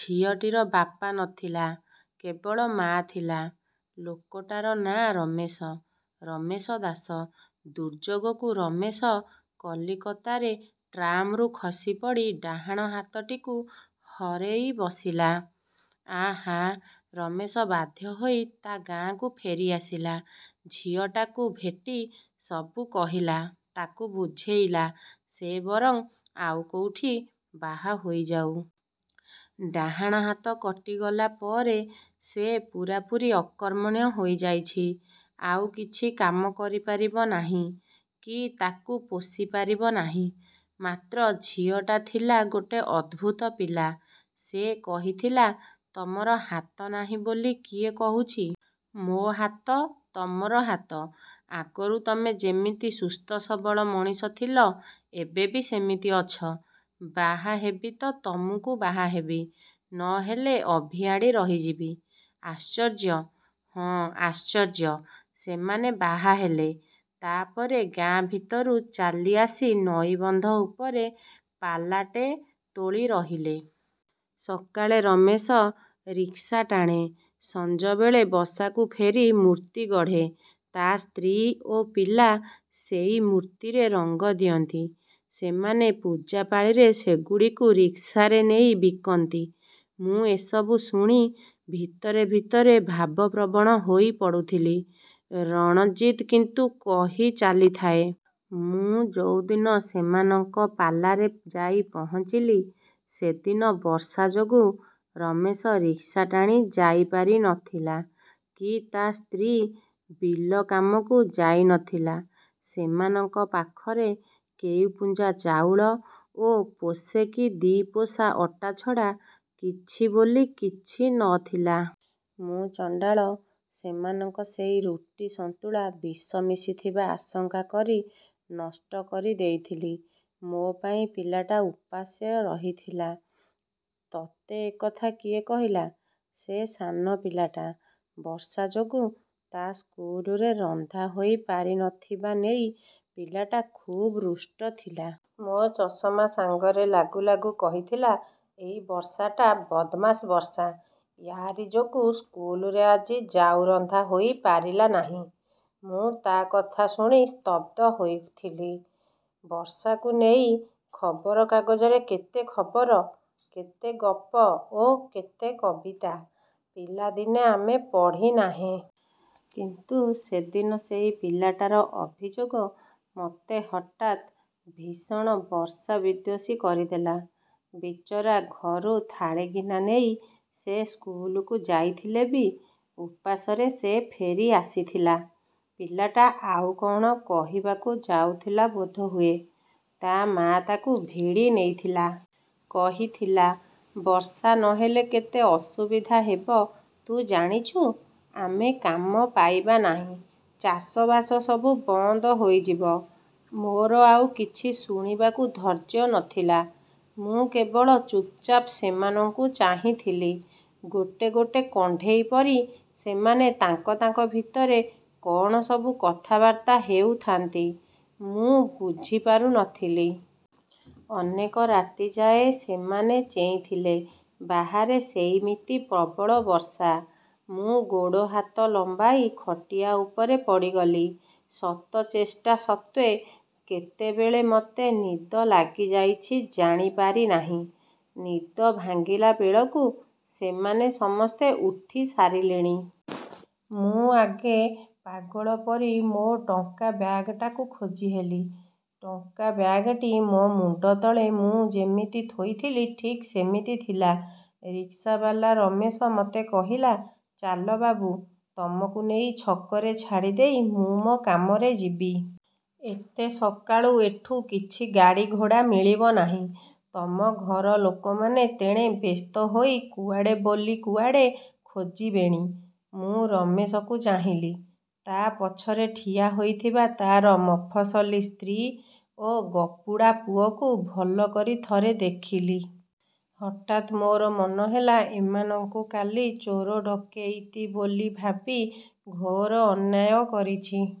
ଝିଅଟିର ବାପା ନଥିଲା। କେବଳ ମା' ଥିଲା। ଲୋକଟାର ନାଁ ରମେଶ, ରମେଶ ଦାସ। ଦୁର୍ଯୋଗକୁ ରମେଶ କଲିକତାରେ ଟ୍ରାମ୍‌ରୁ ଖସି ପଡ଼ି ଡାହାଣ ହାତଟିକୁ ହରେଇ ବସିଲା। ଆହା! ରମେଶ ବାଧ୍ୟ ହୋଇ ତା' ଗାଁକୁ ଫେରି ଆସିଲା। ଝିଅଟାକୁ ଭେଟି ସବୁ କହିଲା, ତାକୁ ବୁଝେଇଲା, ସେ ବରଂ ଆଉ କୋଉଠି ବାହା ହୋଇଯାଉ। ଡାହାଣ ହାତ କଟିଗଲା ପରେ ସେ ପୂରାପୂରି ଅକର୍ମଣ୍ୟ ହୋଇଯାଇଛି, ଆଉ କିଛି କାମ କରି ପାରିବ ନାହିଁ କି ତାକୁ ପୋଷି ପାରିବ ନାହିଁ। ମାତ୍ର ଝିଅଟା ଥିଲା ଗୋଟେ ଅଦ୍ଭୁତ ପିଲା। ସେ କହିଥିଲା, "ତମର ହାତ ନାହିଁ ବୋଲି କିଏ କହୁଛି? ମୋ ହାତ ତମର ହାତ। ଆଗରୁ ତମେ ଯେମିତି ସୁସ୍ଥ-ସବଳ ମଣିଷ ଥିଲ, ଏବେ ବି ସେମିତି ଅଛ। ବାହା ହେବି ତ ତମକୁ ବାହା ହେବି, ନ ହେଲେ ଅଭିଆଡ଼ୀ ରହିଯିବି।" ଆଶ୍ଚର୍ଯ୍ୟ! ହଁ, ଆଶ୍ଚର୍ଯ୍ୟ! ସେମାନେ ବାହା ହେଲେ। ତା' ପରେ ଗାଁ ଭିତରୁ ଚାଲି ଆସି ନଈବନ୍ଧ ଉପରେ ପାଲାଟେ ତୋଳି ରହିଲେ। ସକାଳେ ରମେଶ ରିକ୍ସା ଟାଣେ, ସଞ୍ଜବେଳେ ବସାକୁ ଫେରି ମୂର୍ତ୍ତି ଗଢ଼େ। ତା' ସ୍ତ୍ରୀ ଓ ପିଲା ସେଇ ମୂର୍ତ୍ତିରେ ରଙ୍ଗ ଦିଅନ୍ତି। ସେମାନେ ପୂଜାପାଳିରେ ସେଗୁଡ଼ିକୁ ରିକ୍ସାରେ ନେଇ ବିକନ୍ତି। ମୁଁ ଏସବୁ ଶୁଣି ଭିତରେ ଭିତରେ ଭାବପ୍ରବଣ ହୋଇ ପଡ଼ୁଥିଲି। ରଣଜିତ୍ କିନ୍ତୁ କହି ଚାଲିଥାଏ। "ମୁଁ ଯୋଉଦିନ ସେମାନଙ୍କ ପାଲାରେ ଯାଇ ପହଞ୍ଚିଲି, ସେଦିନ ବର୍ଷା ଯୋଗୁ ରମେଶ ରିକ୍ସା ଟାଣି ଯାଇ ପାରି ନଥିଲା କି ତା' ସ୍ତ୍ରୀ ବିଲ କାମକୁ ଯାଇ ନଥିଲା। ସେମାନଙ୍କ ପାଖରେ କେଇ ପୁଞ୍ଜା ଚାଉଳ ଓ ପୋଷେ ଦି' ପୋଷ ଅଟା ଛଡ଼ା କିଛି ବୋଲି କିଛି ନ ଥିଲା। ମୁଁ ଚଣ୍ଡାଳ ସେମାନଙ୍କ ସେଇ ରୁଟି ସନ୍ତୁଳା ବିଷ ମିଶିଥିବା ଆଶଙ୍କା କରି ନଷ୍ଟ କରି ଦେଇଥିଲି। ମୋ ପାଇଁ ପିଲାଟା ଉପାସ ରହିଥିଲା।" ତୋତେ ଏକଥା କିଏ କହିଲା? ସେ ସାନ ପିଲାଟା। ବର୍ଷା ଯୋଗୁଁ ତା' ସ୍କୁଲରେ ରନ୍ଧା ହୋଇ ପାରି ନ ଥିବା ନେଇ ପିଲାଟା ଖୁବ୍ ରୁଷ୍ଟ ଥିଲା। ମୋ ଚଷମା ସାଙ୍ଗରେ ଲାଗୁ ଲାଗୁ କହିଥିଲା, 'ଏଇ ବର୍ଷାଟା ବଦମାସ୍ ବର୍ଷା। ୟାରି ଯୋଗୁ ସ୍କୁଲରେ ଆଜି ଜାଉ ରନ୍ଧା ହୋଇ ପାରିଲା ନାହିଁ' ମୁଁ ତା' କଥା ଶୁଣି ସ୍ତବ୍ଧ ହୋଇଥିଲି। ବର୍ଷାକୁ ନେଇ ଖବରକାଗଜରେ କେତେ ଖବର, କେତେ ଗପ ଓ କବିତା ପିଲାଦିନେ ଆମେ ପଢ଼ିନାହେଁ! କିନ୍ତୁ ସେଦିନ ସେଇ ପିଲାଟାର ଅଭିଯୋଗ ମୋତେ ହଠାତ୍ ଭୀଷଣ ବର୍ଷା-ବିଦ୍ୱେଷୀ କରିଦେଲା। ବିଚାରା, ଘରୁ ଥାଳି ଗିନା ନେଇ ସେ ସ୍କୁଲକୁ ଯାଇଥିଲେ ବି ଉପାସରେ ସେ ଫେରି ଆସିଥିଲା। ପିଲାଟା ଆଉ କ'ଣ କହିବାକୁ ଯାଉଥିଲା ବୋଧହୁଏ ତା' ମାଆ ତାକୁ ଭିଡ଼ି ନେଇଥିଲା। କହିଥିଲା, "ବର୍ଷା ନହେଲେ କେତେ ଅସୁବିଧା ହେବ ତୁ ଜାଣିଛୁ? ଆମେ କାମ ପାଇବା ନାହିଁ। ଚାଷବାସ ସବୁ ବନ୍ଦ ହୋଇଯିବ " ମୋର ଆଉ କିଛି ଶୁଣିବାକୁ ଧୈର୍ଯ୍ୟ ନଥିଲା। ମୁଁ କେବଳ ଚୁପ୍‌ଚାପ୍ ସେମାନଙ୍କୁ ଚାହିଁଥିଲି। ଗୋଟେ ଗୋଟେ କଣ୍ଢେଇ ପରି ସେମାନେ ତାଙ୍କ ତାଙ୍କ ଭିତରେ କ'ଣ ସବୁ କଥାବାର୍ତ୍ତା ହେଉଥାନ୍ତି, ମୁଁ ବୁଝି ପାରୁ ନଥିଲି। ଅନେକ ରାତି ଯାଏ ସେମାନେ ଚେଇଁଥିଲେ। ବାହାରେ ସେଇମିତି ପ୍ରବଳ ବର୍ଷା। ମୁଁ ଗୋଡ଼ ହାତ ଲମ୍ବାଇ ଖଟିଆ ଉପରେ ପଡ଼ିଗଲି। ଶତ ଚେଷ୍ଟା ସତ୍ତ୍ୱେ କେତେବେଳେ ମୋତେ ନିଦ ଲାଗିଯାଇଛି ଜାଣି ପାରି ନାହିଁ। ନିଦ ଭାଙ୍ଗିଲା ବେଳକୁ ସେମାନେ ସମସ୍ତେ ଉଠି ସାରିଲେଣି। ମୁଁ ଆଗେ ପାଗଳ ପରି ମୋ ଟଙ୍କା ବ୍ୟାଗ୍‌ଟାକୁ ଖୋଜିହେଲି। ଟଙ୍କା ବ୍ୟାଗ୍‌ଟି ମୋ ମୁଣ୍ଡ ତଳେ ମୁଁ ଯେମିତି ଥୋଇଥିଲି ଠିକ୍ ସେମିତି ଥିଲା। ରିକ୍ସାବାଲା ରମେଶ ମୋତେ କହିଲା, "ଚାଲ ବାବୁ, ତମକୁ ନେଇ ଛକରେ ଛାଡ଼ି ଦେଇ ମୁଁ ମୋ କାମରେ ଯିବି। ଏତେ ସକାଳୁ ଏଠୁ କିଛି ଗାଡ଼ି ଘୋଡ଼ା ମିଳିବ ନାହିଁ। ତମ ଘର ଲୋକମାନେ ତେଣେ ବ୍ୟସ୍ତ ହୋଇ କୁଆଡ଼େ ବୋଲି କୁଆଡ଼େ ଖୋଜିବେଣି!" ମୁଁ ରମେଶକୁ ଚାହିଁଲି। ତା' ପଛରେ ଠିଆ ହୋଇଥିବା ତା'ର ମଫସଲୀ ସ୍ତ୍ରୀ ଓ ଗପୁଡ଼ା ପୁଅକୁ ଭଲ କରି ଥରେ ଦେଖିଲି। ହଠାତ୍ ମୋର ମନ ହେଲା, ଏମାନଙ୍କୁ କାଲି ଚୋର ଡକେଇତି ବୋଲି ଭାବି ଘୋର ଅନ୍ୟାୟ କରିଛି।